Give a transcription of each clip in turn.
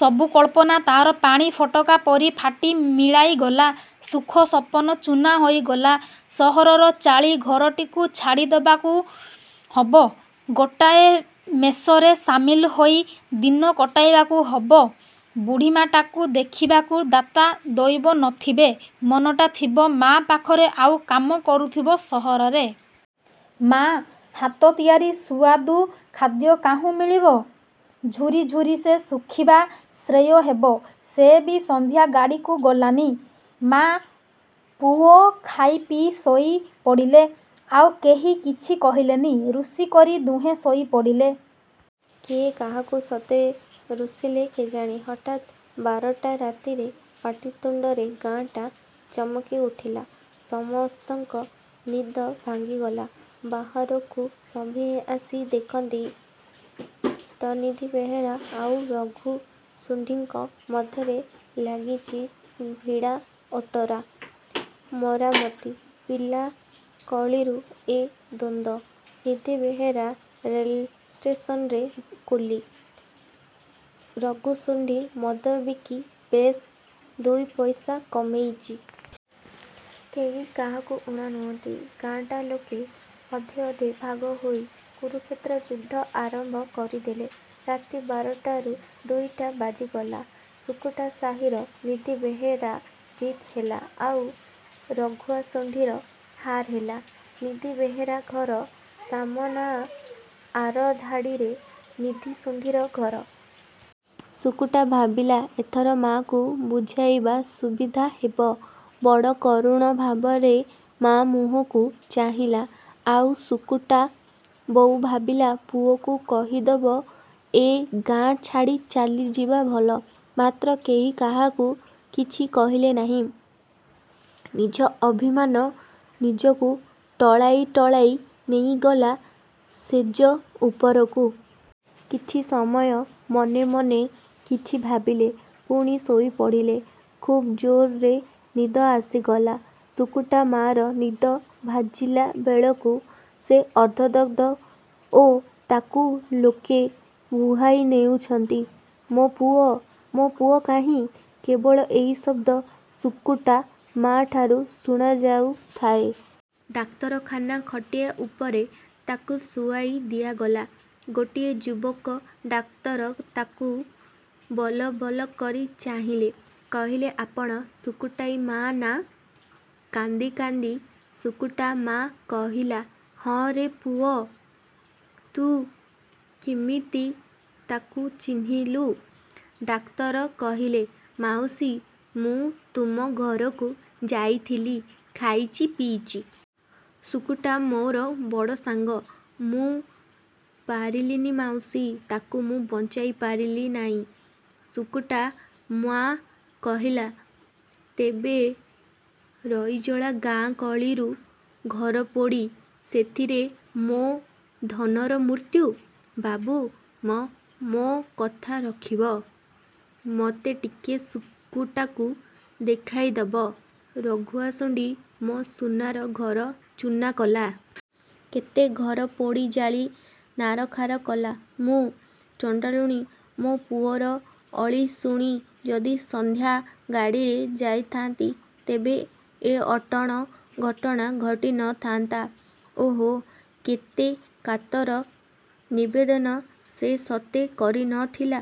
ସବୁ କଳ୍ପନା ତାର ପାଣି ଫୋଟକା ପରି ଫାଟି ମିଳାଇଗଲା। ସୁଖ ସପନ ଚୂନା ହେଇଗଲା। ସହରର ଚାଳି ଘରଟିକୁ ଛାଡ଼ି ଦବାକୁ ହବ। ଗୋଟାଏ ମେସରେ ସାମିଲ ହୋଇ ଦିନ କଟାଇବାକୁ ହବ। ବୁଢ଼ୀମାଟାକୁ ଦେଖିବାକୁ ଦାତା ଦଇବ ନ ଥିବେ। ମନଟା ଥିବ ମା ପାଖରେ ଆଉ କାମ କରୁଥିବ ସହରରେ। ମା' ହାତ ତିଆରି ସୁଆଦୁ ଖାଦ୍ୟ କାହୁଁ ମିଳିବ। ଝୁରିୁ ଝୁରି ସେ ଶୁଖିବା ଶ୍ରେୟ ହେବ। ସେ ବି ସନ୍ଧ୍ୟା ଗାଡ଼ିକୁ ଗଲାନି-। ମା' ପୁଅ ଖାଇ ପିଇ ଶୋଇ ପଡ଼ିଲେ। ଆଉ କେହି କିଛି କହିଲେନି। ରୁଷି କରି ଦୁହେଁ ଶୋଇ ପଡ଼ିଲେ। କିଏ କାହାକୁ ସତେ ରୁଷିଲେ କେଜାଣି? ହଠାତ୍ ବାରଟା ରାତିରେ ପାଟିତୁଣ୍ଡରେ ଗାଁଟା ଚମକିଉଠିଲା। ସମସ୍ତଙ୍କ ନିଦ ଭାଜିଗଲା। ବାହାରକୁ ସଭିଏ ଆସି ଦେଖନ୍ତି ତ ନିଧି ବେହେରା ଆଉ ରଘୁ ଶୁଣ୍ଢିଙ୍କ ମଧ୍ୟରେ ଲାଗିଚି ଭିଡ଼ାଓଟରା ମରାମତି। ପିଲା କଳିରୁ ଏ ଦ୍ୱନ୍ଦ୍ୱ। ନିଧି ବେହେରା ରେଳଷ୍ଟେସନରେ କୁଲି, ରଘୁ ଶୁଣ୍ଡି ମଦ ବିକି ବେଶ ଦୁଇପଇସା କମେଇଚି। କେହି କାହାକୁ ଊଣା ନୁହନ୍ତି। ଗାଁଟାର ଲୋକେ ଅଧେ ଅଧେ ଭାଗ ହୋଇ କୁରୁକ୍ଷେତ୍ର ଯୁଦ୍ଧ ଆରମ୍ଭ କରିଦେଲେ। ରାତି ବାରଟାରୁ ଦୁଇଟା ବାଜିଗଲା। ଶୁକୁଟା ସାହିର ନିଧି ବେହେରା ଜିତ୍ ହେଲା ଆଉ ରଘୁଆ ଶୁଣ୍ଢିର ହାର ହେଲା। ନିଧି ବେହେରା ଘର ସାମନା ଆରଧାଡ଼ିରେ ନିଧି ଶୁଣ୍ଢିର ଘର। ଶୁକୁଟା ଭାବିଲା, ଏଥର ମା'କୁ ବୁଝାଇବା ସୁବିଧା ହେବ। ବଡ଼ କରୁଣ ଭାବରେ ମା' ମୁହଁକୁ। ଚାହିଁଲା। ଆଉ ଶୁକୁଟା ବୋଉ ଭାବିଲା, ପୁଅକୁ କହିଦବ ଏ ଗାଁ ଛାଡ଼ି ଚାଲିଯିବା ଭଲ। ମାତ୍ର କେହି କାହାକୁ କିଛି କହିଲେ ନାହିଁ। ନିଜ ଅଭିମାନ ନିଜକୁ ଟଳାଇ ଟଳାଇ ନେଇଗଲା ଶେଯ ଉପରକୁ। କିଛି ସମୟ ମନେ ମନେ କିଛି ଭାବିଲେ, ପୁଣି ଶୋଇ ପଡ଼ିଲେ। ଖୁବ୍ ଜୋରରେ ନିଦ ଆସିଗଲା। ଶୁକୁଟା ମା'ର ନିଦ ଭାଜିଲା ବେଳକୁ ସେ ଅର୍ଦ୍ଧଦଗ୍ଧ ଓ ତାକୁ ଲୋକେ ବୁହାଇ ନେଉଛନ୍ତି। ମୋ ପୁଅ' ମୋ ପୁଅ କାହିଁ? ' କେବଳ ଏଇ ଶବ୍ଦ ଶୁକୁଟା ମା'ଠାରୁ ଶୁଣା ଯାଉଥାଏ। ଡାକ୍ତରଖାନା ଖଟିଆ ଉପରେ ତାକୁ ଶୁଆଇ ଦିଆଗଲା। ଗୋଟିଏ ଯୁବକ ଡାକ୍ତର ତାକୁ ବଲବଲ କରି ଚାହିଁଲେ। କହିଲେ—ଆପଣ ଶୁକୁଟାଇ ମା'ନା! କାନ୍ଦି କାନ୍ଦି ଶୁକୁଟା ମା' କହିଲା—ହଁ ରେ ପୁଅ, ତୁ କିମିତି ତାକୁ ଚିହ୍ନିଲୁ? ଡାକ୍ତର କହିଲେ—ମାଉସି, ମୁଁ ତୁମ ଘରକୁ ଯାଇଥିଲି, ଖାଇଚି, ପିଇଚି। ଶୁକୁଟା ମୋର ବଡ଼ ସାଙ୍ଗ। ମୁଁ ପାରିଲିନି ମାଉସି, ତାକୁ ମୁଁ ବଞ୍ଚାଇ ପାରିଲି ନାଇଁ। ଶୁକୁଟା ମା' କହିଲା—ତେବେ ରଇଜଳା ଗାଁ କଳିରୁ ଘରପୋଡ଼ି, ସେଥିରେ ମୋ ଧନର ମୃତ୍ୟୁ? ବାବୁ ମ, ମୋ କଥା ରଖିବ? ମତେ ଟିକିଏ ଶୁକୁଟାକୁ ଦେଖାଇଦେବ? ରଘୁଆ ଶୁଣ୍ଢି ମୋ ସୁନାର ଘର ଚୂନା କଲା। କେତେ ଘର ପୋଡ଼ି ଜାଳି ନାରଖାର କଲା। ମୁଁ ଚଣ୍ଡାଳୁଣୀ ମୋ ପୁଅର ଅଳି ଶୁଣି ଯଦି ସନ୍ଧ୍ୟା ଗାଡ଼ିରେ ଯାଇ ଥାଆନ୍ତି, ତେବେ ଏଅଟଣ ଘଟଣା ଘଟି ନ ଥାଆନ୍ତା। ଓହୋ, କେତେ କାତର ନିବେଦନ ସେ ସତେ କରି ନ ଥିଲା!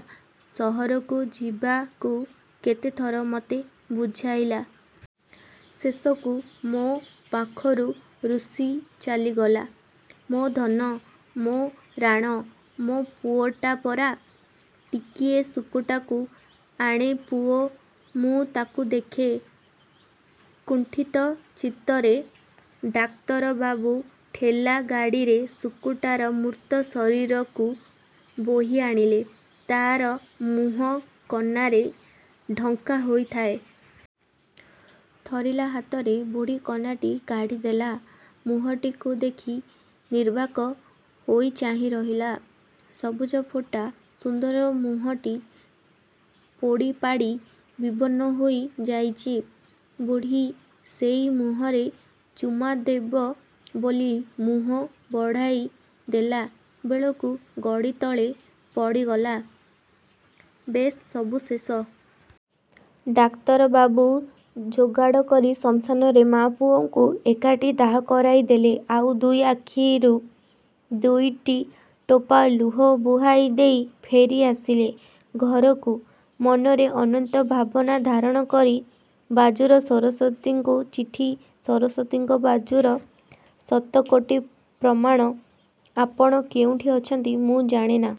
ସହରକୁ ଯିବାକୁ କେତେଥର ମତେ ବୁଝାଇଲା। ଶେଷକୁ ମୋ ପାଖରୁ ରୁଷି ଚାଲିଗଲା। ମୋ ଧନ, ମୋ ରାଣ, ମୋ ପୁଅଟା ପରା, ଟିକିଏ ଶୁକୁଟାକୁ ଆଣେ ପୁଅ ମୁଁ ତାକୁ ଦେଖେ। କୁଣ୍ଠିତ ଚିତ୍ତରେ ଡାକ୍ତର ବାବୁ ଠେଲା ଗାଡ଼ିରେ ଶୁକୁଟାର ମୃତ ଶରୀରକୁ ବୋହି ଆଣିଲେ। ତାର ମୁହଁ କନାରେ ଢଙ୍କା ହୋଇଥାଏ। ଥରିଲା ହାତରେ ବୁଢ଼ୀ କନାଟି କାଢ଼ିଦେଲା। ମୁହଁଟିକୁ ଦେଖି ନିର୍ବାକ୍ ହୋଇ ଚାହିଁ ରହିଲା। ସଜଫୁଟା ସୁନ୍ଦର ମୁହଁଟି ପୋଡ଼ିପାଡ଼ି ବିବର୍ଣ୍ଣ ହୋଇ ଯାଇଚି। ବୁଢ଼ୀ ସେଇ ମୁହଁରେ ଚୁମା ଦେବ ବୋଲି ମୁହଁ ବଢ଼ାଇ ଦେଲା ବେଳକୁ ଗଡ଼ି ତଳେ ପଡ଼ିଗଲା। ବେଶ୍, ସବୁ ଶେଷ। ଡାକ୍ତରବାବୁ ଯୋଗାଡ଼ କରି ଶ୍ମଶାନରେ ମା' ପୁଅଙ୍କୁ ଏକାଠି ଦାହ କରାଇ ଦେଲେ ଆଉ ଦୁଇ ଆଖିରୁ ଦୁଇଟି ଟୋପା ଲୁହ ବୁହାଇ ଦେଇ ଫେରି ଆସିଲେ ଘରକୁ, ମନରେ ଅନନ୍ତ ଭାବନା ଧାରଣକରି। ବାଜୁର ସରସ୍ୱତୀଙ୍କୁ ଚିଠି ସରସ୍ୱତୀଙ୍କ ବାଜୁର ଶତକୋଟି ପ୍ରମାଣ। ଆପଣ କେଉଁଠି ଅଛନ୍ତି ମୁଁ ଜାଣେନା।